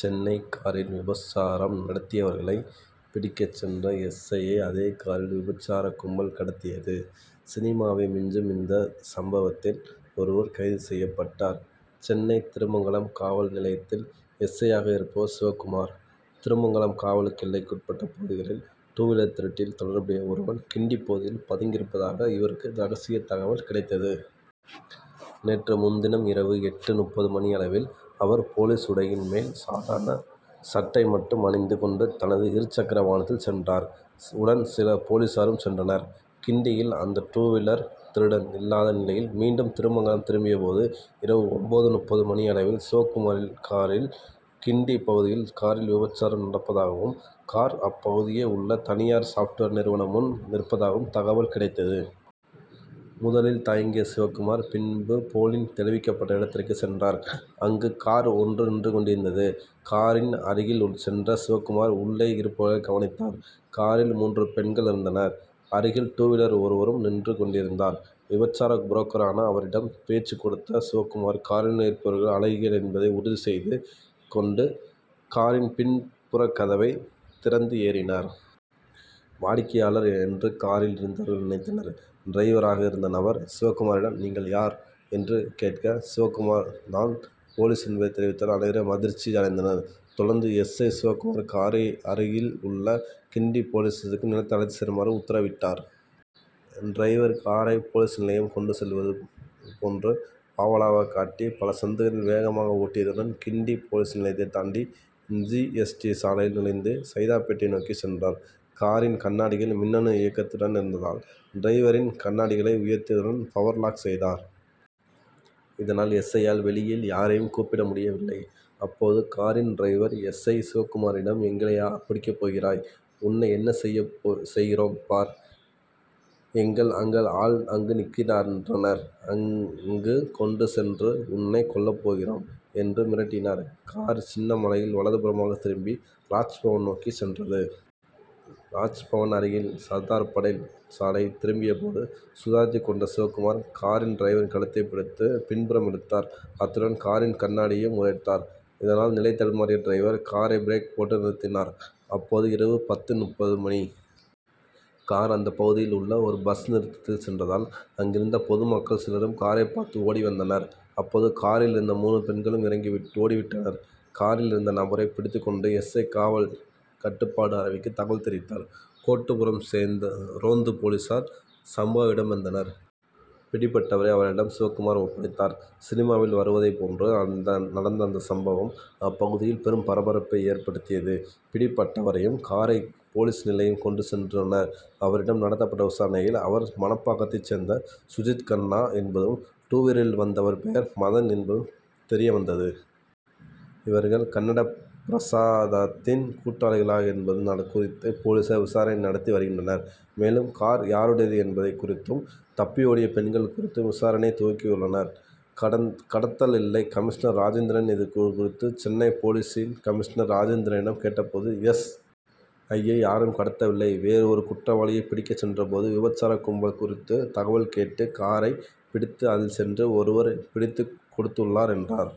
சென்னை காரில் விபசாரம் நடத்தியவர்களை பிடிக்கச் சென்ற எஸ். ஐ.யை அதே காரில் விபசார கும்பல் கடத்தியது. சினிமாவை மிஞ்சும் இந்த சம்பவத்தில் ஒருவர் கைது செய்யப்பட்டார். சென்னை திருமங்கலம் காவல் நிலையத்தில் எஸ். ஐ.யாக இருப்பவர் சிவக்குமார். திருமங்கலம் காவல் எல்லைக்குட்பட்ட பகுதிகளில் டூவீலர் திருட்டில் தொடர்புடைய ஒருவன் கிண்டி பகுதியில் பதுங்கியிருப்பதாக இவருக்கு ரகசிய தகவல் கிடைத்தது. நேற்று முன்தினம் இரவு எட்டு முப்பது மணியளவில் அவர் போலீஸ் உடையின் மேல் சாதாரண சட்டை மட்டும் அணிந்து கொண்டு தனது இருசக்கர வாகனத்தில் சென்றார். உடன் சில போலீசாரும் சென்றனர். கிண்டியில் அந்த டூவீலர் திருடன் இல்லாத நிலையில் மீண்டும் திருமங்கலம் திரும்பிய போது இரவு ஒன்பது முப்பது மணியளவில் சிவக்குமாருக்கு கிண்டி பகுதியில் காரில் விபசாரம் நடப்பதாகவும் கார் அப்பகுதியில் உள்ள தனியார் சாப்ட்வேர் நிறுவனம் முன் நிற்பதாகவும் தகவல் கிடைத்தது. முதலில் தயங்கிய சிவக்குமார் பின்பு போனில் தெரிவிக்கப்பட்ட இடத்திற்கு சென்றார். அங்கு கார் ஒன்று நின்று கொண்டிருந்தது. காரின் அருகில் சென்ற சிவக்குமார் உள்ளே இருப்பவர்களை கவனித்தார். காரில் மூன்று பெண்கள் இருந்தனர். அருகில் டூவீலரில் ஒருவரும் நின்று கொண்டிருந்தார். விபசார புரோக்கரான அவரிடம் பேச்சுக் கொடுத்த சிவக்குமார் காரினுள் இருப்பவர்கள் அழகிகள் என்பதை உறுதி செய்து கொண்டு காரின் பின்புற கதவை திறந்து ஏறினார். வாடிக்கையாளர் என்று காரில் இருந்தவர்கள் நினைத்தனர். டிரைவராக இருந்த நபர் சிவக்குமாரிடம் நீங்கள் யார்? என்று கேட்க சிவக்குமார் தான் போலீஸ் என்பதை தெரிவித்ததால் அனைவரும் அதிர்ச்சி அடைந்தனர். தொடர்ந்து எஸ். ஐ. சிவக்குமார் காரை அருகில் உள்ள கிண்டி போலீஸ் நிலையத்திற்கு கொண்டு செல்லுமாறு உத்தரவிட்டார். டிரைவர் காரை போலீஸ் நிலையம் கொண்டு செல்வது போன்று பாவலா காட்டி பல சந்துகளில் வேகமாக ஓட்டியதுடன் கிண்டி போலீஸ் நிலையத்தை தாண்டி ஜி. எஸ். டி. சாலையில் நுழைந்து சைதாப்பேட்டை நோக்கிச் சென்றார். காரின் கண்ணாடிகள் மின்னணு இயக்கத்துடன் இருந்ததால் டிரைவர் கண்ணாடிகளை உயர்த்தியதுடன் பவர் லாக் செய்தார். இதனால் எஸ். ஐ.யால் வெளியில் யாரையும் கூப்பிட முடியவில்லை. அப்போது காரின் டிரைவர் எஸ். ஐ. சிவக்குமாரிடம் எங்களையா பிடிக்கப் போகிறாய். உன்னை என்ன செய்கிறோம் பார். எங்கள் ஆள் அங்கு நிற்கின்றனர். அங்கு கொண்டு சென்று உன்னை கொல்லப் போகிறோம் என்று மிரட்டினார். கார் சின்னமலையில் வலதுபுறமாக திரும்பி ராஜ்பவன் நோக்கிச் சென்றது. ராஜ் பவன் அருகில் சர்தார் படேல் சாலையில் திரும்பிய போது சுதாரித்துக் கொண்ட சிவக்குமார் கார் டிரைவரின் கழுத்தை பிடித்து பின்புறம் இழுத்தார். அத்துடன் காரின் கண்ணாடியையும் உடைத்தார். இதனால் நிலைதடுமாறிய டிரைவர் காரை பிரேக் போட்டு நிறுத்தினார். அப்போது இரவு பத்து முப்பது மணி. கார் அப்பகுதியில் உள்ள ஒரு பஸ் நிறுத்தத்தில் நின்றதால் அங்கிருந்த பொதுமக்களின் சிலரும் காரை பார்த்து ஓடிவந்தனர். அப்போது காரில் இருந்த மூன்று பெண்களும் இறங்கி ஓடிவிட்டனர். காரில் இருந்த நபரை பிடித்துக்கொண்ட எஸ். ஐ. காவல் கட்டுப்பாட்டு அறைக்கு தகவல் தெரிவித்தார். கோட்டூர்புரம் ரோந்து போலீசார் சம்பவ இடம் வந்தனர். பிடிபட்டவரை அவர்களிடம் சிவக்குமார் ஒப்படைத்தார். சினிமாவில் வருவதை போன்று நடந்த அந்த சம்பவம் அப்பகுதியில் பெரும் பரபரப்பை ஏற்படுத்தியது. பிடிபட்டவரையும் காரையும் போலீஸ் நிலையம் கொண்டு சென்றனர். அவரிடம் நடத்தப்பட்ட விசாரணையில் அவர் மணப்பாக்கத்தை சேர்ந்த சுஜித் கண்ணா என்பதும் டூவீலரில் வந்தவன் பெயர் மதன் என்பதும் தெரியவந்தது. இவர்கள் கன்னட பிரசாத்தின் கூட்டாளிகளா என்பது குறித்து போலீசார் விசாரணை நடத்தி வருகின்றனர். மேலும் கார் யாருடையது என்பது குறித்தும் தப்பி ஓடிய பெண்கள் குறித்தும் விசாரணையை துவக்கியுள்ளனர். கடத்தல் இல்லை கமிஷனர் ராஜேந்திரன் இதுகுறித்து சென்னை போலீஸ் கமிஷனர் ராஜேந்திரனிடம் கேட்ட போது எஸ். ஐ.யை யாரும் கடத்தவில்லை. வேறு ஒரு குற்றவாளியை பிடிக்கச் சென்ற போது விபசார கும்பல் குறித்த தகவல் கேட்டு காரை பிடித்து அதில் சென்று ஒருவரை பிடித்துக் கொடுத்துள்ளார் என்றார்.